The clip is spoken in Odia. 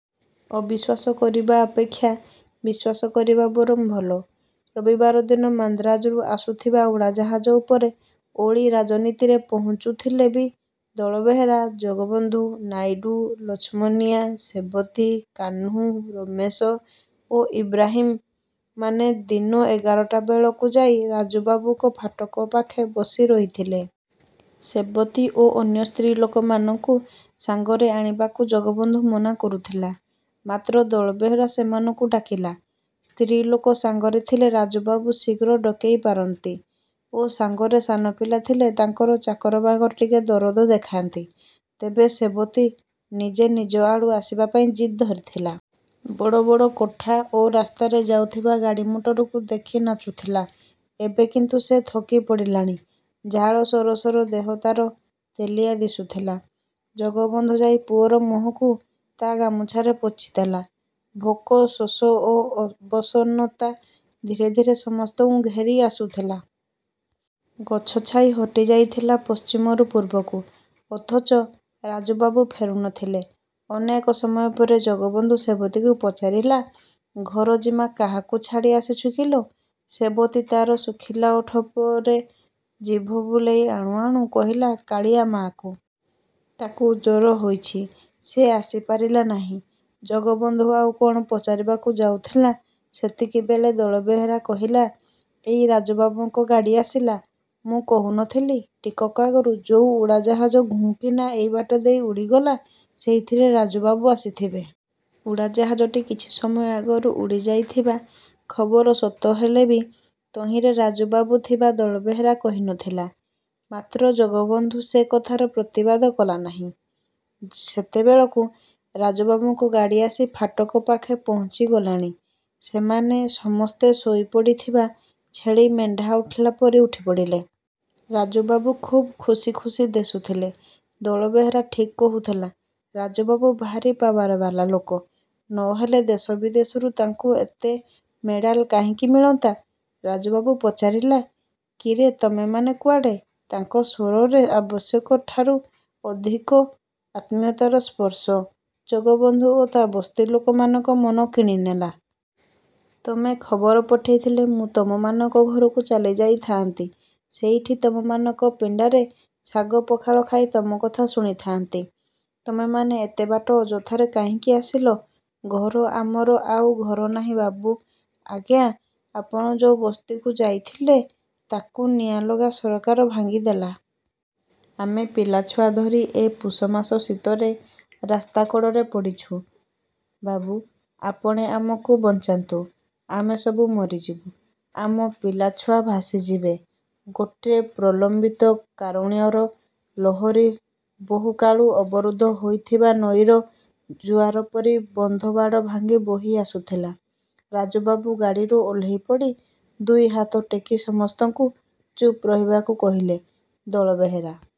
ଅବିଶ୍ୱାସ କରିବା ଅପେକ୍ଷା ବିଶ୍ୱାସ କରିବା ବରଂ ଭଲ। ରବିବାର ଦିନ ମାନ୍ଦ୍ରାଜରୁ ଆସୁଥିବା ଉଡ଼ାଜାହାଜ ଉପର ଓଳି ରାଜଧାନୀରେ ପହଞ୍ଚୁଥିଲେ ବି ଦଳବେହେରା, ଜଗବନ୍ଧୁ, ନାଇଡୁ, ଲଛମନିଆ, ସେବତୀ, କାହ୍ନୁ, ରମେଶ ଓ ଇବ୍ରାହିମ ମାନେ ଦିନ ଏଗାରଟା ବେଳକୁ ଯାଇ ରାଜୁବାବୁଙ୍କ ଫାଟକ ପାଖେ ବସି ରହିଥିଲେ। ସେବତୀ ଓ ଅନ୍ୟ ସ୍ତ୍ରୀଲୋକମାନଙ୍କୁ ସାଙ୍ଗରେ ଆଣିବାକୁ ଜଗବନ୍ଧୁ ମନା କରୁଥିଲା। ମାତ୍ର ଦଳବେହେରା ସେମାନଙ୍କୁ ଡାକିଲା। ସ୍ତ୍ରୀଲୋକ ସାଙ୍ଗରେ ଥିଲେ ରାଜୁବାବୁ ଶୀଘ୍ର ଡକେଇ ପଠାନ୍ତି ଓ ସାଙ୍ଗରେ ସାନପିଲା ଥିଲେ ତାଙ୍କର ଚାକର ବାକର ଟିକେ ଦରଦ ଦେଖାନ୍ତି। ତେବେ ସେବତୀ ନିଜେ ନିଜ ଆଡ଼ୁ ଆସିବା ପାଇଁ ଜିଦ୍ ଧରିଥିଲା। ବଡ଼ ବଡ଼ କୋଠା ଓ ରାସ୍ତାରେ ଯାଉଥିବା ଗାଡ଼ିମଟରକୁ ଦେଖି ନାଚୁଥିଲା। ଏବେ କିନ୍ତୁ ସେ ଥକିପଡ଼ିଲାଣି। ଝାଳ ସରସର ଦେହ ତାର ତେଲିଆ ଦିଶୁଥିଲା। ଜଗବନ୍ଧୁ ଯାଇ ପୁଅର ମୁହଁକୁ ତା ଗାମୁଛାରେ ପୋଛିଦେଲା। ଭୋକ, ଶୋଷ ଓ ଅବସନ୍ନତା ଧୀରେ ଧୀରେ ସମସ୍ତଙ୍କୁ ଘେରି ଆସୁଥିଲା। ଗଛ ଛାଇ ହଟିଯାଇଥିଲା ପଶ୍ଚିମରୁ ପୂର୍ବକୁ। ଅଥଚ ରାଜୁବାବୁ ଫେରୁ ନଥିଲେ। ଅନେକ ସମୟ ପରେ ଜଗବନ୍ଧୁ ସେବତୀକୁ ପଚାରିଲା, "ଘର ଜିମା କାହାକୁ ଛାଡ଼ି ଆସିଛୁ କିଲୋ!" ସେବତୀ ତାର ଶୁଖିଲା ଓଠ ଉପରେ ଜିଭ ବୁଲେଇ ଆଣୁ ଆଣୁ କହିଲା, "କାଳିଆ ମାଆକୁ। ତାକୁ ଜର ହୋଇଛି। ସେ ଆସିପାରିଲା ନାହିଁ।" ଜଗବନ୍ଧୁ ଆଉ କଣ ପଚାରିବାକୁ ଯାଉଥିଲା ସେତିକିବେଳେ ଦଳବେହେରା କହିଲା, "ଏଇ ରାଜୁବାବୁଙ୍କ ଗାଡ଼ି ଆସିଲା। ମୁଁ କହୁ ନ ଥିଲି, ଟିକକ ଆଗରୁ ଯୋଉ ଉଡ଼ାଜାହାଜ ଘୁଁ କିନା ଏଇବାଟେ ଦେଇ ଉଡ଼ିଗଲା ସେଇଥିରେ ରାଜୁବାବୁ ଆସିଥିବେ।" ଉଡ଼ାଜାହାଜଟି କିଛି ସମୟ ଆଗରୁ ଉଡ଼ିଯାଇଥିବା ଖବର ସତ ହେଲେ ବି ତହିଁରେ ରାଜୁବାବୁ ଥିବା ଦଳବେହେରା କହି ନଥିଲା। ମାତ୍ର ଜଗବନ୍ଧୁ ସେ କଥାର ପ୍ରତିବାଦ କଲା ନାହିଁ। ସେତେବେଳକୁ ରାଜୁବାବୁଙ୍କ ଗାଡ଼ି ଆସି ଫାଟକ ପାଖେ ପହଞ୍ଚିଲାଣି। ସେମାନେ ସମସ୍ତେ ଶୋଇପଡ଼ିଥିବା ଛେଳି ମେଣ୍ଢା ଉଠିଲା ପରି ଉଠିପଡ଼ିଲେ। ରାଜୁବାବୁ ଖୁବ୍ ଖୁସି ଖୁସି ଦିଶୁଥିଲେ। ଦଳବେହେରା ଠିକ୍ କହୁଥିଲା, ରାଜୁବାବୁ ଭାରି ପାୱାର ବାଲା ଲୋକ ନ ହେଲେ ଦେଶ ବିଦେଶରୁ ତାଙ୍କୁ ଏତେ ମେଡାଲ କାହିଁକି ମିଳନ୍ତା? ରାଜୁବାବୁ ପଚାରିଲା, "କିରେ ତମେମାନେ କୁଆଡ଼େ?" ତାଙ୍କ ସ୍ୱରରେ ଆବଶ୍ୟକଠାରୁ ଅଧିକ ଆତ୍ମୀୟତାର ସ୍ପର୍ଶ ଜଗବନ୍ଧୁ ଓ ତା ବସ୍ତି ଲୋକମାନଙ୍କ ମନ କିଣିନେଲା। "ତମେ ଖବର ପଠେଇଥିଲେ ମୁଁ ତମମାନଙ୍କ ଘରକୁ ଚାଲିଯାଇଥାଆନ୍ତି। ସେଇଠି ତମମାନଙ୍କ ପିଣ୍ଡାରେ ଶାଗପଖାଳ ଖାଇ ତମ କଥା ଶୁଣିଥାଆନ୍ତି। ତମେମାନେ ଏତେବାଟ ଅଯଥାରେ କାହିଁକି ଆସିଲ?" "ଘର? ଆମର ଆଉ ଘର ନାହିଁ ବାବୁ। ଆଜ୍ଞା ଆପଣ ଯୋଉ ବସ୍ତିକୁ ଯାଇଥିଲେ ତାକୁ ନିଆଁଲଗା ସରକାର ଭାଙ୍ଗିଦେଲା। ଆମେ ପିଲାଛୁଆ ଧରି ଏ ପୁଷମାସ ଶୀତରେ ରାସ୍ତାକଡ଼ରେ ପଡ଼ିଛୁ। ବାବୁ! ଆପଣେ ଆମକୁ ବଞ୍ଚାନ୍ତୁ, ଆମେ ସବୁ ମରିଯିବୁ, ଆମ ପିଲାଛୁଆ ଭାସିଯିବେ।" ଗୋଟେ ପ୍ରଲମ୍ବିତ କାରୁଣ୍ୟର ଲହରୀ ବହୁକାଳୁ ଅବରୁଦ୍ଧ ହୋଇଥିବା ନଈର ଜୁଆର ପରି ବନ୍ଧବାଡ଼ ଭାଙ୍ଗି ବୋହି ଆସୁଥିଲା। ରାଜୁବାବୁ ଗାଡ଼ିରୁ ଓହ୍ଲେଇପଡ଼ି, ଦୁଇହାତ ଟେକି ସମସ୍ତଙ୍କୁ ଚୁପ୍ ରହିବାକୁ କହିଲେ। ଦଳବେହେରା।